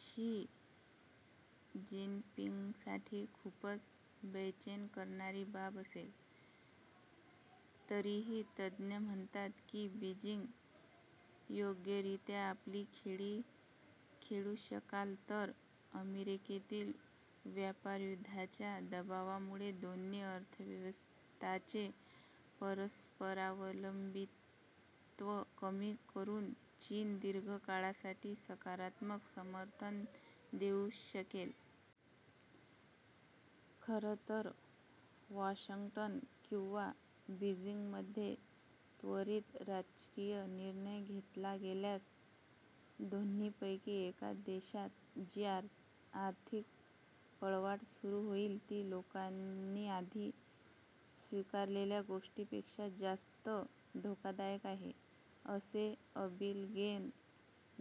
शी जिनपिंगसाठी खूपच बेचैन करणारी बाब असेल. तरीही, तज्ज्ञ म्हणतात की बीजिंग योग्यरित्या आपली खेळी खेळू शकला, तर अमेरिकेतील व्यापारयुद्धांच्या दबावामुळे दोन्ही अर्थव्यवस्थांचे परस्परावलंबित्व कमी करून चीन दीर्घ काळासाठी सकारात्मक समर्थन देऊ शकेल. खरं तर, वॉशंग्टन किंवा बीजिंगमध्ये त्वरित राजकीय निर्णय घेतला गेल्यास दोन्हीपैकी एका देशात जी आर्थिक पळवाट सुरू होईल ती लोकांनी आधी स्विकारलेल्या गोष्टीपेक्षा जास्त धोकादायक आहे, "असे अबिगेल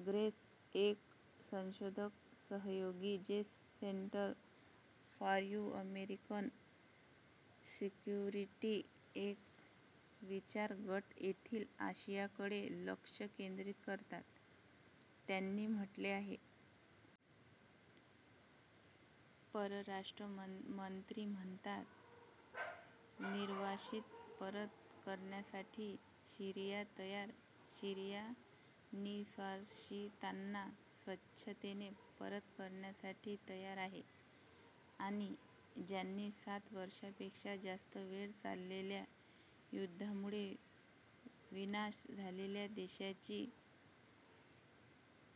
ग्रेस एक संशोधन सहयोगी जे Center for New American Security एक विचार गट येथील आशियाकडे लक्ष केंद्रित करतात त्यांनी म्हटले आहे. परराष्ट्र मंत्री म्हणतात, निर्वासित परत करण्यासाठी सीरिया 'तयार'. सीरिया निर्वासितांना स्वेच्छेने परत करण्यासाठी तयार आहे आणि त्यांनी सात वर्षांपेक्षा जास्त वेळ चाललेल्या युद्धामुळे विनाश झालेल्या देशाची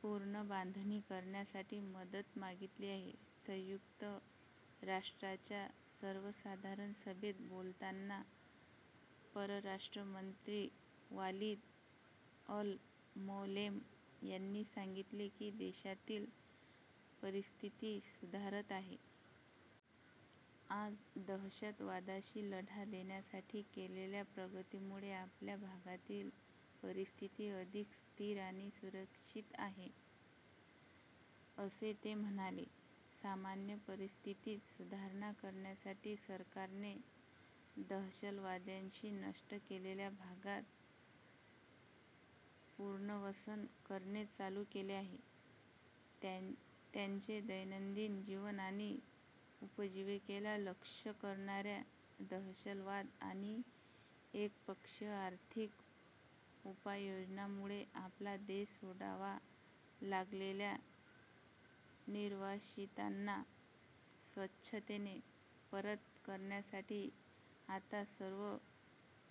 पुनर्बांधणी करण्यासाठी मदत मागितली आहे. संयुक्त राष्ट्राच्या सर्वसाधारण सभेत बोलताना परराष्ट्र मंत्री वालिद अल-मौलेम यांनी सांगितले की देशातील परिस्थिती सुधारत आहे. "आज दहशतवादाशी लढा देण्यासाठी केलेल्या प्रगतीमुळे आपल्या भागातील परिस्थिती अधिक स्थिर आणि सुरक्षित आहे," असे ते म्हणाले. सामान्य परिस्थितीत सुधारणा करण्यासाठी सरकारने दहशतवाद्यांनी नष्ट केलेल्या भागात पुनर्वसन करणे चालू केले आहे. त्यांचे दैनंदिन जीवन आणि उपजीविकेला लक्ष्य करणा-या दहशतवाद आणि एकपक्षीय आर्थिक उपाययोजनांमुळे आपला देश सोडावा लागलेल्या निर्वासितांना स्वेच्छेने परत करण्यासाठी आता सर्व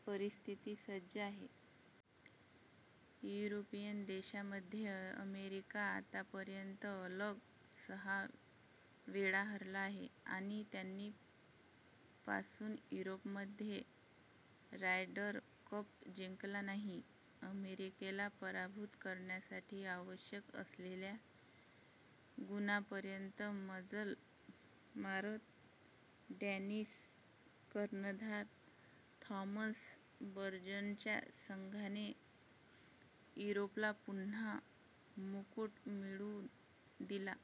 परिस्थिती सज्ज आहे. युरोपियन देशामध्ये अमेरिका आतापर्यंत सलग सहा वेळा हरला आहे आणि त्यांनी पासून युरोपमध्ये रायडर कप जिंकला नाही. अमेरिकेला पराभूत करण्यासाठी आवश्यक असलेल्या गुणांपर्यंत मजल मारत डॅनिश कर्णधार थॉमस बजर्नच्या संघाने युरोपला पुन्हा मुकुट मिळवून दिला.